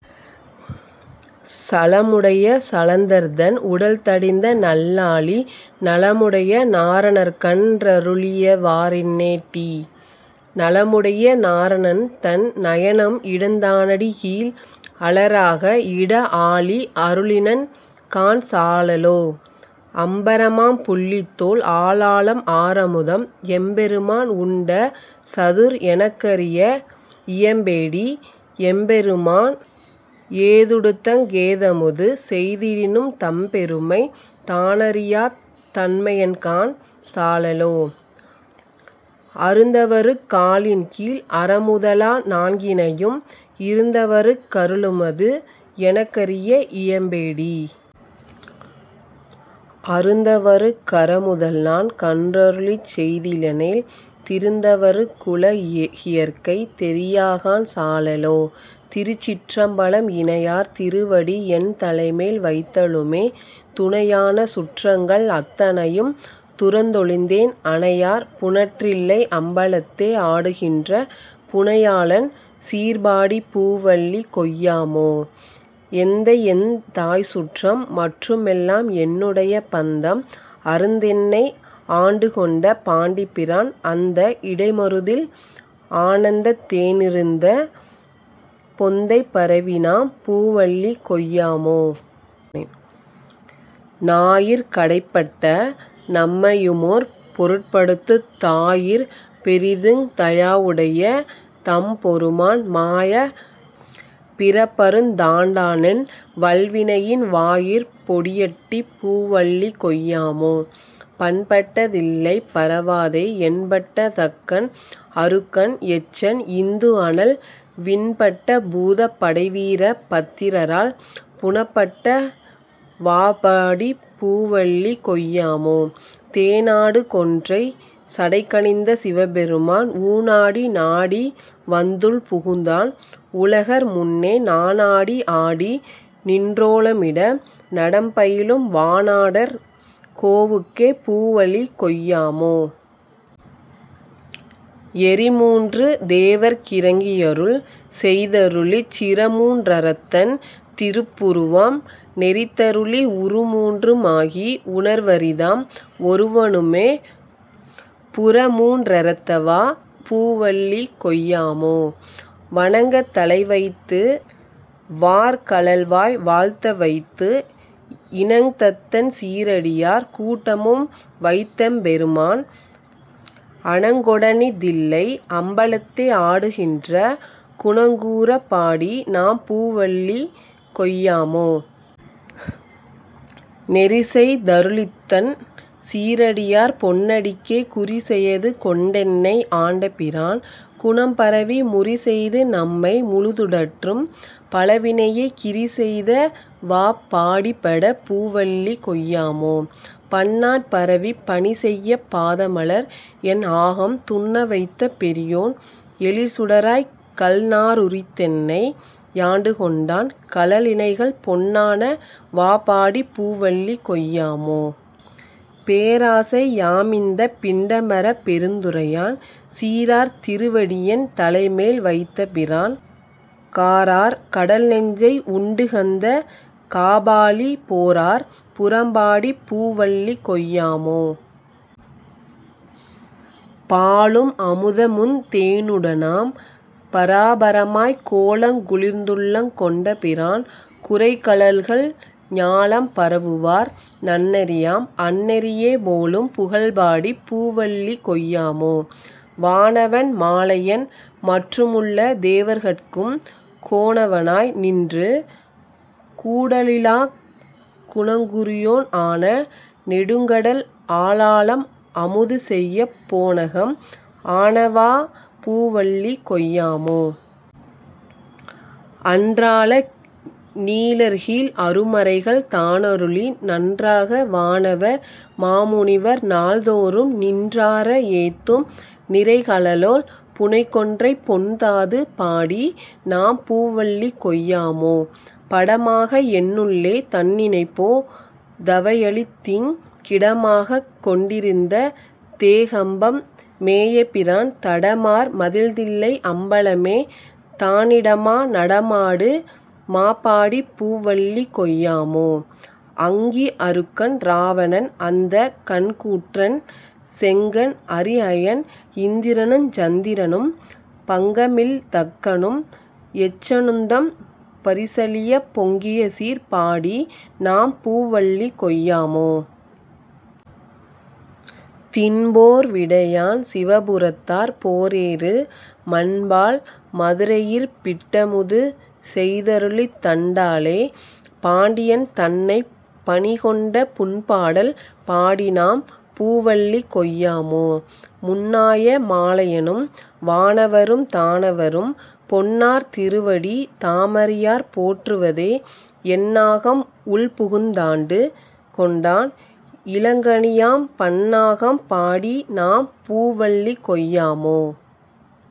சலமுடைய சலந்தரன்தன் உடல்தடிந்த நல்லாழி நலமுடைய நாரணற்கன் றருளியவா றென்னேடீ? நலமுடைய நாரணன்தன் நயனம்இடந் தானடிக்கீழ் அலராக இடஆழி அருளினன்காண் சாழலோ. அம்பரமாம் புள்ளித்தோல் ஆலாலம் ஆரமுதம் எம்பெருமான் உண்டசதுர் எனக்கறிய இயம்பேடீ எம்பெருமான் ஏதுடுத்தங் கேதமுது செய்திடினும் தம்பெருமை தானறியாத் தன்மையன்காண் சாழலோ. அருந்தவருக் காலின்கீழ் அறமுதலா நான்கினையும் இருந்தவருக் கருளுமது எனக்கறிய இயம்பேடீ? அருந்தவருக் கறமுதல்நான் கன்றருளிச் செய்திலனேல் திருந்தவருக் குலகியற்கை தெரியாகாண் சாழலோ. திருச்சிற்றம்பலம் இணையார் திருவடி என்தலைமேல் வைத்தலுமே துணையான சுற்றங்கள் அத்தனையும் துறந்தொழிந்தேன் அணையார் புனற்றில்லை அம்பலத்தே ஆடுகின்ற புணையாளன் சீர்பாடிப் பூவல்லி கொய்யாமோ. எந்தையெந் தாய்சுற்றம் மற்றுமெல்லாம் என்னுடைய பந்தம் அறுந்தென்னை ஆண்டுகொண்ட பாண்டிப்பிரான் அந்த இடைமருதில் ஆனந்தத் தேனிருந்த பொந்தைப் பரவிநாம் பூவல்லி கொய்யாமோ. நாயிற் கடைப்பட்ட நம்மையுமோர் பொருட்படுத்துத் தாயிற் பெரிதுங் தயாவுடைய தம்பொருமான் மாயப் பிறப்பறுந் தாண்டானென் வல்வினையின் வாயிற் பொடியட்டிப் பூவல்லி கொய்யாமோ. பண்பட்ட தில்லைப் பரவாதே எண்பட்ட தக்கன் அருக்கன் எச்சன் இந்துஅனல் விண்பட்ட பூதப் படைவீர பத்திரரால் புணப்பட்ட வாபாடிப் பூவல்லி கொய்யாமோ. தேனாடு கொன்றை சடைக்கணிந்த சிவபெருமான் ஊனாடி நாடிவந் துள்புகுந்தான் உலகர்முன்னே நானாடி ஆடிநின் றோலமிட நடம்பயிலும் வானாடர் கோவுக்கே பூவல்லி கொய்யாமோ. எரிமூன்று தேவர்க் கிரங்கியருள் செய்தருளிச் சிரமூன் றறத்தன் திருப்புருவம் நெரித்தருளி உருமூன்று மாகி உணர்வரிதாம் ஒருவனுமே புரமூன் றெரத்தவா பூவல்லி கொய்யாமோ. வணங்கத் தலை வைத்து வார்கழல்வாய் வாழ்த்தவைத்து இணங்தத்தன் சீரடியார் கூட்டமும்வைத் தெம்பெருமான் அணங்கொடணிதில்லை அம்பலத்தே ஆடுகின்ற குணங் கூரப் பாடிநாம் பூவல்லி கொய்யாமோ. நெறிசெய் தருளித்தன் சீரடியார் பொன்னடிக்கே குறிசெயது கொண்டென்னை ஆண்டபிரான் குணம்பரவி முறிசெய்து நம்மை முழுதுடற்றும் பழவினையைக் கிறிசெய்த வாபாடிபட பூவல்லி கொய்யாமோ. பன்னாட் பரவிப் பணிசெய்யப் பாதமலர் என்ஆகம் துன்னவைத்த பெரியோன் எழிற்சுடராய்க் கல்நா ருரித்தென்னை யாண்டுகொண்டான் கழலிணைகள் பொன்னான வாபாடிப் பூவல்லி கொய்யாமோ. பேராசை யாமிந்தப் பிண்டமறப் பெருந்துறையான் சீரார் திருவடி யென் தலைமேல் வைத்தபிரான் காரார் கடல்நஞ்சை உண்டுகந்த காபாலி போரார் புறம்பாடிப் பூவல்லி கொய்யாமோ. பாலும் அமுதமுந் தேனுடனாம் பராபரமாய்க் கோலங் குளிர்ந்துள்ளங் கொண்டபிரான் குரைகழல்கள் ஞாலம் பரவுவார் நன்னெறியாம் அந்நெறியே போலும் புகழ்பாடிப் பூவல்லி கொய்யாமோ. வானவன் மாலயன் மற்றுமுள்ள தேவர்கட்கும் கோனவ னாய் நின்று கூடலிலாக் குணங்குறியோன் ஆன நெடுங்கடல் ஆலாலம் அமுதுசெய்யப் போனகம் ஆனவா பூவல்லி கொய்யாமோ. அன்றால நீழற்கீழ் அருமறைகள் தானருளி நன்றாக வானவர் மாமுனிவர் நாள்தோறும் நின்றார ஏத்தும் நிறைகழலோள் புனைகொன்றைப் பொன்தாது பாடிநாம் பூவல்லி கொய்யாமோ. படமாக என்னுள்ளே தன்னிணைப்போ தவையளித்திங் கிடமாகக் கொண்டிருந் தேகம்பம் மேயபிரான் தடமார் மதில்தில்லை அம்பலமே தானிடமா நடமாடு மாபாடிப் பூவல்லி கொய்யாமோ. அங்கி அருக்கன் இராவணன் அந்தகன் கூற்றன் செங்கண் அரிஅயன் இந்திரனுஞ் சந்திரனும் பங்கமில் தக்கனும் எச்சனுந்தம் பரிசழியப் பொங்கியசீர் பாடிநாம் பூவல்லி கொய்யாமோ. திண்போர் விடையான் சிவபுரத்தார் போரேறு மண்பால் மதுரையிற் பிட்டமுது செய்தருளித் தண்டாலே பாண்டியன் தன்னைப் பணிகொண்ட புண்பாடல் பாடிநாம் பூவல்லி கொய்யாமோ. முன்னாய மாலயனும் வானவரும் தானவரும் பொன்னார் திருவடி தாமறியார் போற்றுவதே என்னாகம் உள்புகுந் தாண்டு கொண்டான் இலங்கணியாம் பன்னாகம் பாடிநாம் பூவல்லி கொய்யாமோ.